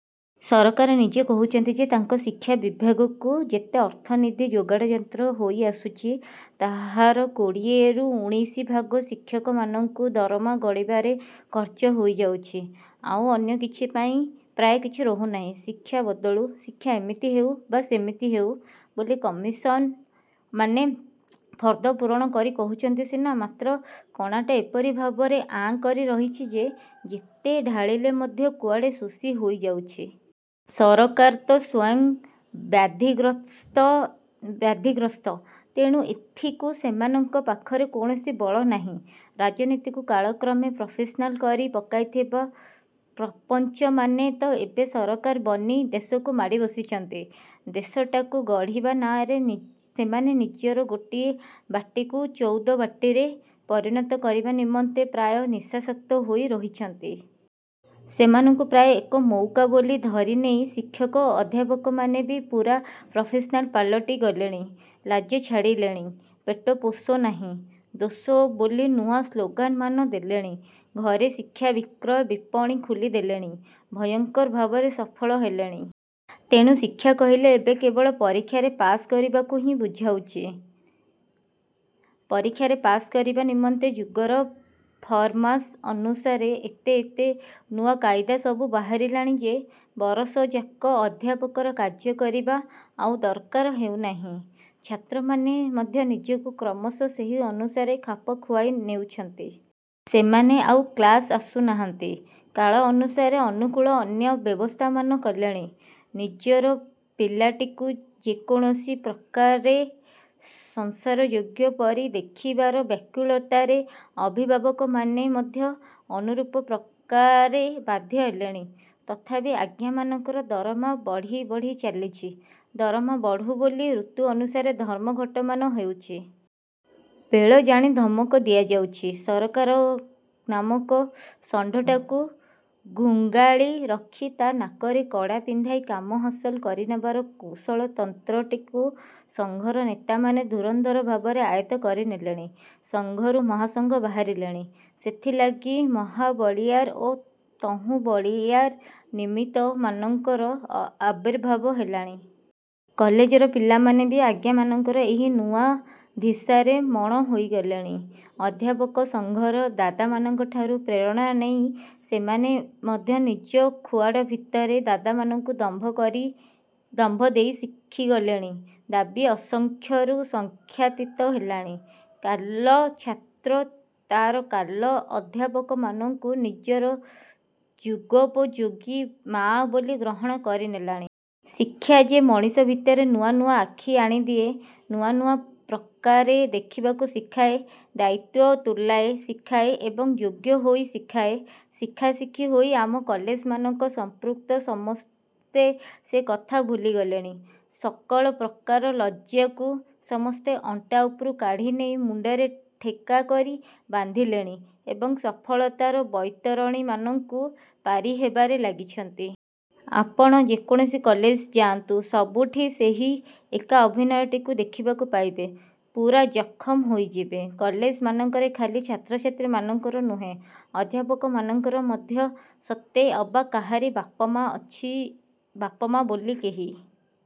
ସରକାର ନିଜେ କହୁଛନ୍ତି ଯେ, ତାଙ୍କ ଶିକ୍ଷାବିଭାଗକୁ ଯେତେ ଅର୍ଥନିଧି ଯୋଗାଡ଼ଯନ୍ତ୍ର ହୋଇ ଆସୁଛି, ତାହାର କୋଡ଼ିଏରୁ ଉଣେଇଶି ଭାଗ ଶିକ୍ଷକମାନଙ୍କୁ ଦରମା ଗଣିବାରେ ଖର୍ଚ୍ଚ ହୋଇ ଯାଉଛି। ଆଉ ଅନ୍ୟ କିଛି ପାଇଁ ପ୍ରାୟ କିଛି ରହୁନାହିଁ। ଶିକ୍ଷା ବଦଳୁ, ଶିକ୍ଷା ଏମିତି ହେଉ ବା ସେମିତି ହେଉ ବୋଲି କମିଶନମାନେ ଫର୍ଦ୍ଦ ପୂରଣ କରି କହୁଛନ୍ତି ସିନା, ମାତ୍ର କଣାଟା ଏପରି ଭାବରେ ଆଁ କରି ରହିଛି ଯେ, ଯେତେ ଢାଳିଲେ ମଧ୍ୟ କୁଆଡ଼େ ଶୋଷି ହୋଇଯାଉଛି। ସରକାର ତ ସ୍ୱୟଂ ବ୍ୟାଧିଗ୍ରସ୍ତ, ତେଣୁ ଏଥିକୁ ସେମାନଙ୍କ ପାଖରେ କୌଣସି ବଳ ନାହିଁ-। ରାଜନୀତିକୁ କାଳକ୍ରମେ ପ୍ରଫେସନାଲ୍ କରି ପକାଇଥିବା ପ୍ରପଞ୍ଚମାନେ ତ ଏବେ ସରକାର ବନି ଦେଶକୁ ମାଡ଼ି ବସିଛନ୍ତି। ଦେଶଟାକୁ ଗଢ଼ିବା ନାଆଁରେ ସେମାନେ ନିଜର ଗୋଟିଏ ବାଟିକୁ ଚଉଦ ବାଟିରେ ପରିଣତ କରିବା ନିମନ୍ତେ ପ୍ରାୟ ନିଶାସକ୍ତ ହୋଇ ରହିଛନ୍ତି। ସେମାନଙ୍କୁ ପ୍ରାୟ ଏକ ମଉକା ବୋଲି ଧରିନେଇ ଶିକ୍ଷକ ଓ ଅଧ୍ୟାପକମାନେ ବି ପୂରା ପ୍ରଫେସନାଲ୍ ପାଲଟି ଗଲେଣି-। ଲାଜ ଛାଡ଼ିଲେଣି। ପେଟ ପୋଷ ନାହିଁ ଦୋଷ ବୋଲି ନୂଆ ସ୍ଲୋଗାନମାନ ଦେଲେଣି। ଘରେ ଶିକ୍ଷା ବିକ୍ରିର ବିପଣି ଖୋଲିଦେଲେଣି। ଭୟଙ୍କର ଭାବରେ ସଫଳ ହେଲେଣି। ତେଣୁ ଶିକ୍ଷା କହିଲେ ଏବେ କେବଳ ପରୀକ୍ଷାରେ ପାସ୍ କରିବାକୁ ହିଁ ବୁଝାଉଛି। ପରୀକ୍ଷାରେ ପାସ୍ କରିବା ନିମନ୍ତେ ଯୁଗର ଫରମାସ୍ ଅନୁସାରେ ଏତେ ଏତେ ନୂଆ କାଇଦା ସବୁ ବାହାରିଲାଣି ଯେ, ବରଷଯାକ ଅଧ୍ୟାପକର କାର୍ଯ୍ୟ କରିବା ଆଉ ଦରକାର ହେଉନାହିଁ। ଛାତ୍ରମାନେ ମଧ୍ୟ ନିଜକୁ କ୍ରମଶଃ ସେହି ଅନୁସାରେ ଖାପ ଖୁଆଇ ନେଉଛନ୍ତି। ସେମାନେ ଆଉ କ୍ଲାସ୍କୁ ଆସୁନାହାନ୍ତି। କାଳ ଅନୁସାରେ ଅନୁକୂଳ ଅନ୍ୟ ବ୍ୟବସ୍ଥାମାନ କଲେଣି। ନିଜର ପିଲାଟିକୁ ଯେକୌଣସି। ପ୍ରକାରେ ସଂସାରଯୋଗ୍ୟ ପରି ଦେଖିବାର ବ୍ୟାକୁଳତାରେ ଅଭିଭାବକମାନେ ମଧ୍ୟ ଅନୁରୂପ ପ୍ରକାରେ ବାଧ୍ୟ ହେଲେଣି। ତଥାପି ଆଜ୍ଞାମାନଙ୍କର ଦରମା ବଢ଼ି ବଢ଼ି ଚାଲିଛି। ଦରମା ବଢୁ ବୋଲି ଋତୁ ଅନୁସାରେ ଧର୍ମଘଟମାନ ହେଉଛି। ବେଳ ଜାଣି ଧମକ ଦିଆଯାଉଛି। ସରକାର ନାମକ ଷଣ୍ଢଟାକୁ ଘୁଙ୍ଗାଳି ରଖି ତା ନାକରେ କଡ଼ା ପିନ୍ଧାଇ କାମ ହାସଲ କରିନେବାର କୌଶଳତନ୍ତ୍ରଟିକୁ ସଂଘର ନେତାମାନେ ଧୁରନ୍ଧର ଭାବରେ ଆୟତ୍ତ କରିନେଲେଣି। ସଂଘରୁ ମହାସଂଘ ବାହାରିଲେଣି। ସେଥିଲାଗି ମହାବଳୀୟାର ଓ ତହୁଁ ବଳୀୟାର ନିମିତ୍ତମାନଙ୍କର ଆବିର୍ଭାବ ହେଲାଣି। କଲେଜର ପିଲାମାନେ ବି ଆଜ୍ଞାମାନଙ୍କର ଏହି ନୂଆ ଧିସାରେ ମଣ ହୋଇଗଲେଣି। ଅଧ୍ୟାପକ ସଂଘର ଦାଦାମାନଙ୍କ ଠାରୁ ପ୍ରେରଣା ନେଇ ସେମାନେ ମଧ୍ୟ ନିଜ ଖୁଆଡ଼ ଭିତରେ ଦାଦାମାନଙ୍କୁ ଦମ୍ଭ ଦେଇ ଶିଖିଗଲେଣି। ଦାବି ଅସଂଖ୍ୟରୁ ସଂଖ୍ୟାତୀତ ହେଲାଣି। କାଲ ଛାତ୍ର ତାର କାଲ ଅଧ୍ୟାପକମାନଙ୍କୁ ନିଜର ଯୁଗୋପଯୋଗୀ ମାଆ ବୋଲି ଗ୍ରହଣ କରିନେଲାଣି। ଶିକ୍ଷା ଯେ ମଣିଷ ଭିତରେ ନୂଆ ନୂଆ ଆଖି ଆଣିଦିଏ, ନୂଆ ନୂଆ ପ୍ରକାରେ ଦେଖିବାକୁ ଶିଖାଏ, ଦାୟିତ୍ୱ ତୁଲାଇ ଶିଖାଏ ଏବଂ ଯୋଗ୍ୟ ହୋଇ ଶିଖାଏ, ଶିଖାଶିଖି ହୋଇ ଆମ କଲେଜମାନଙ୍କରେ ସମ୍ପୃକ୍ତ ସମସ୍ତେ ସେକଥା ଭୁଲିଗଲେଣି। ସକଳ ପ୍ରକାର ଲଜ୍ଜାକୁ ସମସ୍ତେ ଅଣ୍ଟା ଉପରୁ କାଢ଼ି ନେଇ ମୁଣ୍ଡରେ ଠେକା କରି ବାନ୍ଧିଲେଣି ଏବଂ ସଫଳତାର ବୈତରଣୀମାନଙ୍କୁ ପାରିହେବାରେ ଲାଗିଛନ୍ତି। ଆପଣ ଯେକୌଣସି କଲେଜକୁ ଯାଆନ୍ତୁ, ସବୁଠି ସେହି ଏକା ଅଭିନୟଟିକୁ ଦେଖିବାକୁ ପାଇବେ। ପୂରା ଜଖମ ହୋଇଯିବେ। କଲେଜମାନଙ୍କରେ ଖାଲି ଛାତ୍ରଛାତ୍ରୀମାନଙ୍କର ନୁହେଁ, ଅଧ୍ୟାପକମାନଙ୍କର ମଧ୍ୟ ସତେ ଅବା କାହାରି ବାପମାଆ ବୋଲି କେହି